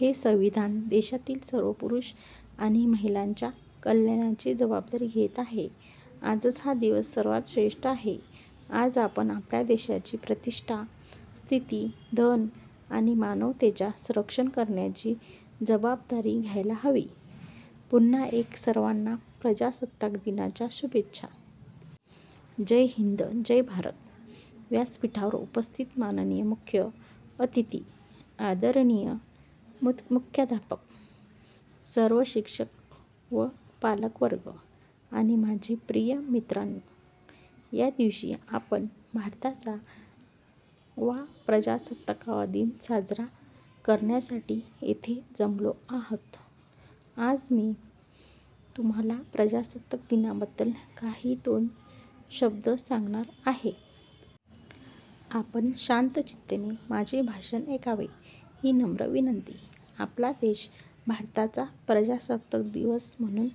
हे संविधान देशातील सर्व पुरुष आणि महिलांच्या कल्याणाची जवाबदारी घेत आहे. आजचा हा दिवस सर्वात श्रेष्ठ आहे, आज आपण आपल्या देशाची प्रतिष्ठा, स्थिति, धन आणि मानवतेच्या संरक्षण करण्याची जवाबदारी घ्यायला हवी. पुनः एकदा सर्वाना प्रजासत्ताक दिनाच्या शुभेच्छा. जय हिन्द जय भारत. व्यासपीठावर उपस्थित माननीय मुख्य अतिथी, आदरणीय मुख्याध्यापक, सर्व शिक्षक व पालक वर्ग आणि माझे प्रिय मित्रांनो. या दिवशी आपण भारतचा वा प्रजासत्ताक दिवस साजरा करण्यासाठी येथे जमलो आहोत. आज मी तुम्हाला प्रजासत्ताक दिनाबद्दल काही दोन शब्द सांगणार आहे. आपण शांतचित्ताने माझे भाषण एकावे ही नम्र विनंती. आपला देश भारताचा प्रजासत्ताक दिवस पासून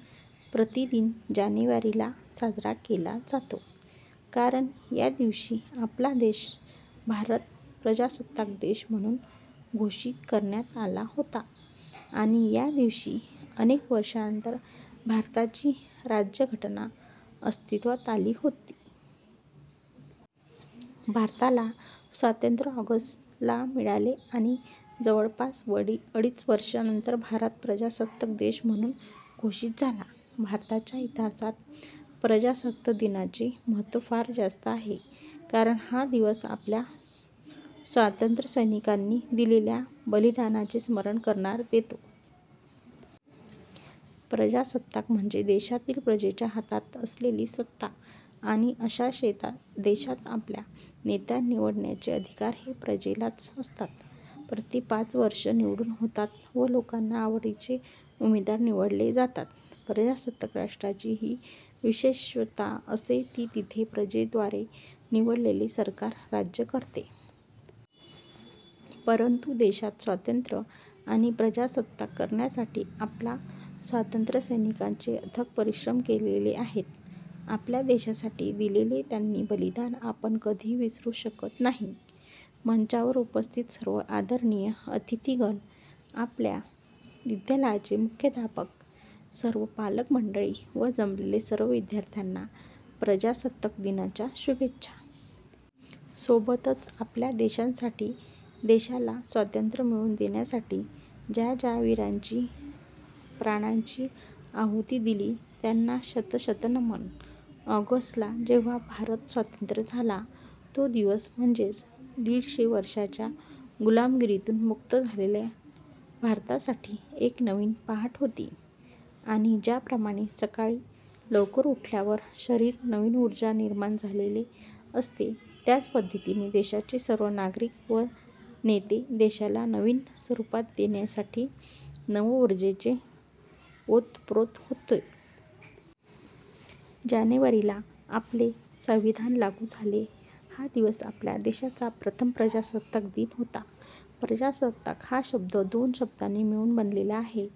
प्रति वर्ष जानेवारी ला साजरा केला जातो. कारण याच दिवशी आपला देश भारत प्रजासत्ताक देश म्हणून घोषित करण्यात आला होता आणि याच दिवशी अनेक वर्षानंतर भारताची राज्यघटना अस्तित्वात आली होती. भारताला स्वातंत्र्य ऑगस्ट ला मिळाले आणि जवळपास अडीच वर्षानंतर भारत प्रजासत्ताक देश म्हणून घोषित झाला. भारताच्या इतिहासात प्रजासत्ताक दिनाचे महत्व फार जास्त आहे कारण हाच दिवस आपल्याला स्वातंत्र्यसैनिकांनी दिलेल्या बलिदानाचे स्मरण करून देतो. प्रजासत्ताक म्हणजे देशातील प्रजेच्या हातात असलेली सत्ता आणि अश्या देशात आपला नेता निवडण्याचे अधिकार हे प्रजेलाच असतात. प्रति पाच वर्षात निवडणुका होतात व लोकांच्या आवडीचे उमेदवार निवडले जातात. प्रजासत्ताक राष्ट्राची ही विशेषता असते की तेथे प्रजेद्वारा निवडलेले सरकार राज्य करते. परंतु देशाला स्वातंत्र्य आणि प्रजासत्ताक करण्यासाठी आपल्या स्वातंत्र्यसैनिकांनी अथक परिश्रम केलेले आहेत. आपल्या देशासाठी दिलेले त्यांचे बलिदान आपण कधीही विसरू शकत नाही. मंचावर उपस्थित सर्व आदरणीय अतिथिगण, आपल्या विद्यालयाचे मुख्यध्यापक, सर्व पालक मंडळी व जमलेल्या सर्व विद्ययार्थयाना प्रजासत्ताक दिवसाच्या शुभेच्छा. सोबतच आपल्या देशासाठी, देशाला स्वतंत्र मिळवून देण्यासाठी ज्या ज्या वीरांनी प्राणांची आहुति दिली त्यांना शत शत नमन. ऑगस्ट ला जेव्हा भारत स्वतंत्र झाला, तो दिवस म्हणजेच दीडशे वर्षाच्या गुलामगिरीतून मुक्त झालेल्या भारतासाठी एक नवीन पहाट होती आणि ज्याप्रमाणे सकाळी लवकर उठल्यावर शरीरात नवीन ऊर्जा निर्माण झालेली असते त्याच पद्धतीने देशाचे सर्व नागरिक व नेते देशाला नवीन स्वरूप देण्यासाठी नव उर्जेने ओतप्रोत होते. जानेवारी ला आपले संविधान लागू झाले, हा दिवस आपल्या देशाचा प्रथम प्रजासत्ताक दिन होता. 'प्रजासत्ताक' हा शब्द दोन शब्दांनी मिळून बनलेला आहे.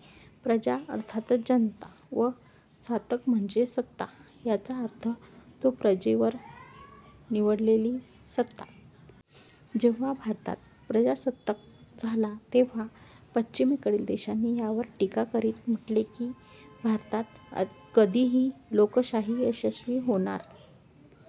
'प्रजा' अर्थात जनता व 'सत्ताक' म्हणजे सत्ता. याचा अर्थ होतो प्रजेद्वारे निवडलेली सत्ता. जेव्हा भारत प्रजासत्ताक झाला तेव्हा पश्चिमेकडील देशांनी यावर टीका करीत म्हटले की भारतात कधीही "लोकशाही" यशस्वी होणार